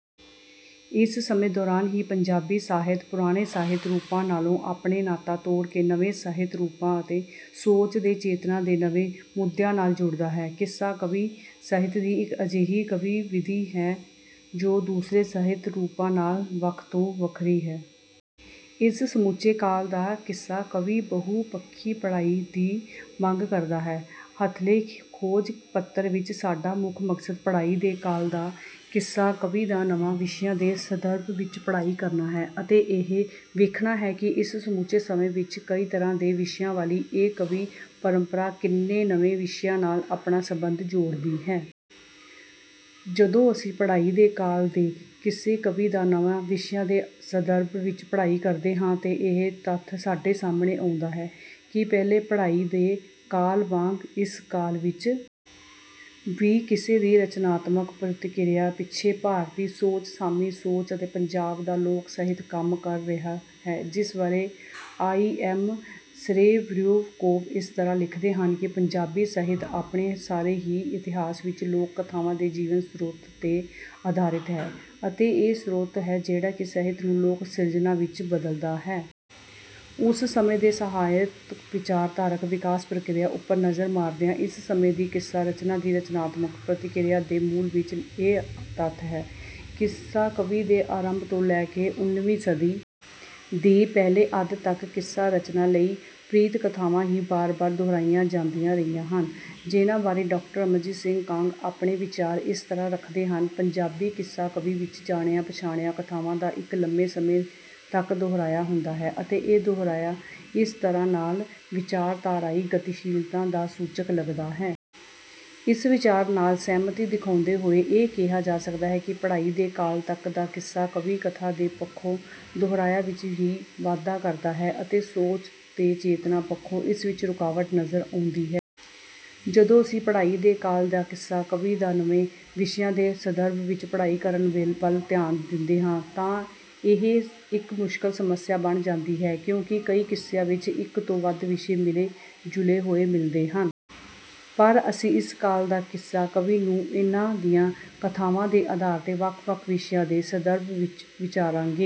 ਇਸ ਸਮੇਂ ਦੌਰਾਨ ਹੀ ਪੰਜਾਬੀ ਸਾਹਿਤ ਪੁਰਾਣੇ ਸਾਹਿਤ ਰੂਪਾਂ ਨਾਲੋਂ ਆਪਣਾ ਨਾਤਾ ਤੋੜ ਕੇ ਨਵੇਂ ਸਾਹਿਤ ਰੂਪਾਂ ਅਤੇ ਸੋਚ ਤੇ ਚੇਤਨਾ ਦੇ ਨਵੇਂ ਮੁੱਦਿਆਂ ਨਾਲ ਜੁੜਦਾ ਹੈ। ਕਿੱਸਾ ਕਾਵਿ ਸਾਹਿਤ ਦੀ ਇੱਕ ਅਜਿਹੀ ਕਾਵਿ ਵਿਧਾ ਹੈ ਜੋ ਦੂਸਰੇ ਸਾਹਿਤ ਰੂਪਾਂ ਨਾਲੋਂ ਵੱਖ ਤੇ ਵੱਖਰੀ ਹੈ। ਇਸ ਸਮੁੱਚੇ ਕਾਲ ਦਾ ਕਿੱਸਾ ਕਾਵਿ ਬਹੁ ਪੱਖੀ ਪੜ੍ਹਾਈ ਦੀ ਮੰਗ ਕਰਦਾ ਹੈ। ਹੱਥਲੇ ਖੋਜ ਪੱਤਰ ਵਿੱਚ ਸਾਡਾ ਮੁੱਖ ਮਕਸਦ ਪੜ੍ਹਾਈ ਦੇ ਕਾਲ ਦੇ ਕਿੱਸਾ ਕਾਵਿ ਦਾ ਨਵੇਂ ਵਿਸ਼ਿਆਂ ਦੇ ਸੰਦਰਭ ਵਿੱਚ ਪੜ੍ਹਾਈ ਕਰਨਾ ਹੈ ਅਤੇ ਇਹ ਵੇਖਣਾ ਹੈ ਕਿ ਇਸ ਸਮੁੱਚੇ ਸਮੇਂ ਵਿੱਚ ਕਈ ਤਰ੍ਹਾਂ ਦੇ ਵਿਸ਼ਿਆਂ ਵਾਲੀ ਇਹ ਕਾਵਿ ਪਰੰਪਰਾ ਕਿੰਨੇ ਨਵੇਂ ਵਿਸ਼ਿਆਂ ਨਾਲ ਆਪਣਾ ਸਬੰਧ ਜੋੜਦੀ ਹੈ। ਜਦੋਂ ਅਸੀਂ ਪੜ੍ਹਾਈ ਦੇ ਕਾਲ ਦੇ ਕਿੱਸਾ ਕਾਵਿ ਦਾ ਨਵੇਂ ਵਿਸ਼ਿਆਂ ਦੇ ਸੰਦਰਭ ਵਿੱਚ ਪੜ੍ਹਾਈ ਕਰਦੇ ਹਾਂ ਤਾਂ ਇਹ ਤੱਥ ਸਾਡੇ ਸਾਹਮਣੇ ਆਉਂਦਾ ਹੈ ਕਿ ਪਹਿਲੇ ਪੜ੍ਹਾਈ ਦੇ ਕਾਲ ਵਾਂਗ ਇਸ ਕਾਲ ਵਿੱਚ ਵੀ ਕਿੱਸੇ ਦੀ ਰਚਨਾਤਮਕ ਪ੍ਰਤੀਕਿਰਿਆ ਪਿੱਛੇ ਭਾਰਤੀ ਸੋਚ ਸਾਮੀ ਸੋਚ ਅਤੇ ਪੰਜਾਬ ਦਾ ਲੋਕ ਸਾਹਿਤ ਕੰਮ ਕਰ ਰਿਹਾ ਹੈ ਜਿਸ ਬਾਰੇ ਆਈ ਐਮ ਸੇਰੇਬ੍ਰਿਆਕੋਵ ਇਸ ਤਰ੍ਹਾਂ ਲਿਖਦੇ ਹਨ ਕਿ ਪੰਜਾਬੀ ਸਾਹਿਤ ਆਪਣੇ ਸਾਰੇ ਹੀ ਇਤਿਹਾਸ ਵਿੱਚ ਲੋਕ ਕਥਾਵਾਂ ਦੇ ਜੀਵਨ ਸਰੋਤ ਤੇ ਆਧਾਰਿਤ ਹੈ ਅਤੇ ਇਹੀ ਸਰੋਤ ਹੈ ਜਿਹੜਾ ਕਿ ਸਾਹਿਤ ਨੂੰ ਲੋਕ ਸਿਰਜਣਾ ਵਿੱਚ ਬਦਲਦਾ ਹੈ। ਉਸ ਸਮੇਂ ਦੇ ਸਾਹਿਤਿਕ ਵਿਚਾਰਧਾਰਕ ਵਿਕਾਸ ਪ੍ਰਕਿਰਿਆ ਉੱਪਰ ਨਜ਼ਰ ਮਾਰਦਿਆਂ ਇਸ ਸਮੇਂ ਦੀ ਕਿੱਸਾ ਰਚਨਾ ਦੀ ਰਚਨਾਤਮਕ ਪ੍ਰਤੀਕਿਰਿਆ ਦੇ ਮੂਲ ਵਿੱਚ ਇਹ ਤੱਥ ਹੈ। ਕਿੱਸਾ ਕਾਵਿ ਦੇ ਆਰੰਭ ਤੋਂ ਲੈ ਕੇ ਉਨ੍ਹੀਵੀਂ ਸਦੀ ਦੇ ਪਹਿਲੇ ਅੱਧ ਤੱਕ ਕਿੱਸਾ ਰਚਨਾ ਲਈ ਪ੍ਰੀਤ ਕਥਾਵਾਂ ਹੀ ਵਾਰ ਵਾਰ ਦੁਹਰਾਈਆਂ ਜਾਂਦੀਆਂ ਰਹੀਆਂ ਹਨ ਜਿਹਨਾਂ ਬਾਰੇ ਡਾ ਅਮਰਜੀਤ ਸਿੰਘ ਕਾਂਗ ਆਪਣੇ ਵਿਚਾਰ ਇਸ ਤਰ੍ਹਾਂ ਰੱਖਦੇ ਹਨ ਪੰਜਾਬੀ ਕਿੱਸਾ ਕਾਵਿ ਵਿੱਚ ਜਾਣੀਆਂ ਪਛਾਣੀਆਂ ਕਥਾਵਾਂ ਦਾ ਇੱਕ ਲੰਮੇ ਸਮੇਂ ਤੱਕ ਦੁਹਰਾਉ ਹੁੰਦਾ ਹੈ ਅਤੇ ਇਹ ਦੁਹਰਾਉ ਇਸ ਤਰ੍ਹਾਂ ਨਾਲ ਵਿਚਾਰਧਾਰਾਈ ਗਤੀਸ਼ੀਲਤਾ ਦਾ ਸੂਚਕ ਲੱਗਦਾ ਹੈ। ਇਸ ਵਿਚਾਰ ਨਾਲ ਸਹਿਮਤੀ ਦਿਖਾਉਂਦੇ ਹੋਏ ਇਹ ਕਿਹਾ ਜਾ ਸਕਦਾ ਹੈ ਕਿ ਪੜ੍ਹਾਈ ਦੇ ਕਾਲ ਤੱਕ ਦਾ ਕਿੱਸਾ ਕਾਵਿ ਕਥਾ ਦੇ ਪੱਖੋਂ ਦੁਹਰਾਉ ਵਿੱਚ ਹੀ ਵਾਧਾ ਕਰਦਾ ਹੈ ਅਤੇ ਸੋਚ ਤੇ ਚੇਤਨਾ ਪੱਖੋਂ ਇਸ ਵਿੱਚ ਰੁਕਾਵਟ ਨਜ਼ਰ ਆਉਂਦਾ ਹੈ। ਜਦੋਂ ਅਸੀਂ ਪੜ੍ਹਾਈ ਦੇ ਕਾਲ ਦੇ ਕਿੱਸਾ ਕਾਵਿ ਦਾ ਨਵੇਂ ਵਿਸ਼ਿਆਂ ਦੇ ਸੰਦਰਭ ਵਿੱਚ ਪੜ੍ਹਾਈ ਕਰਨ ਵੱਲ ਧਿਆਨ ਦਿੰਦੇ ਹਾਂ ਤਾਂ ਇਹ ਇੱਕ ਮੁਸ਼ਕਲ ਸਮੱਸਿਆ ਬਣ ਜਾਂਦੀ ਹੈ ਕਿਉਂਕਿ ਕਈ ਕਿੱਸਿਆਂ ਵਿੱਚ ਇੱਕ ਤੋਂ ਵੱਧ ਵਿਸ਼ੇ ਮਿਲੇ ਜੁਲੇ ਹੋਏ ਮਿਲਦੇ ਹਨ। ਪਰ ਅਸੀਂ ਇਸ ਕਾਲ ਦੇ ਕਿੱਸਾ ਕਾਵਿ ਨੂੰ ਇਨ੍ਹਾਂ ਦੀਆਂ ਕਥਾਵਾਂ ਦੇ ਆਧਾਰ ਤੇ ਵੱਖ ਵੱਖ ਵਿਸ਼ਿਆਂ ਦੇ ਸੰਦਰਭ ਵਿੱਚ ਵਿਚਾਰਾਂਗੇ।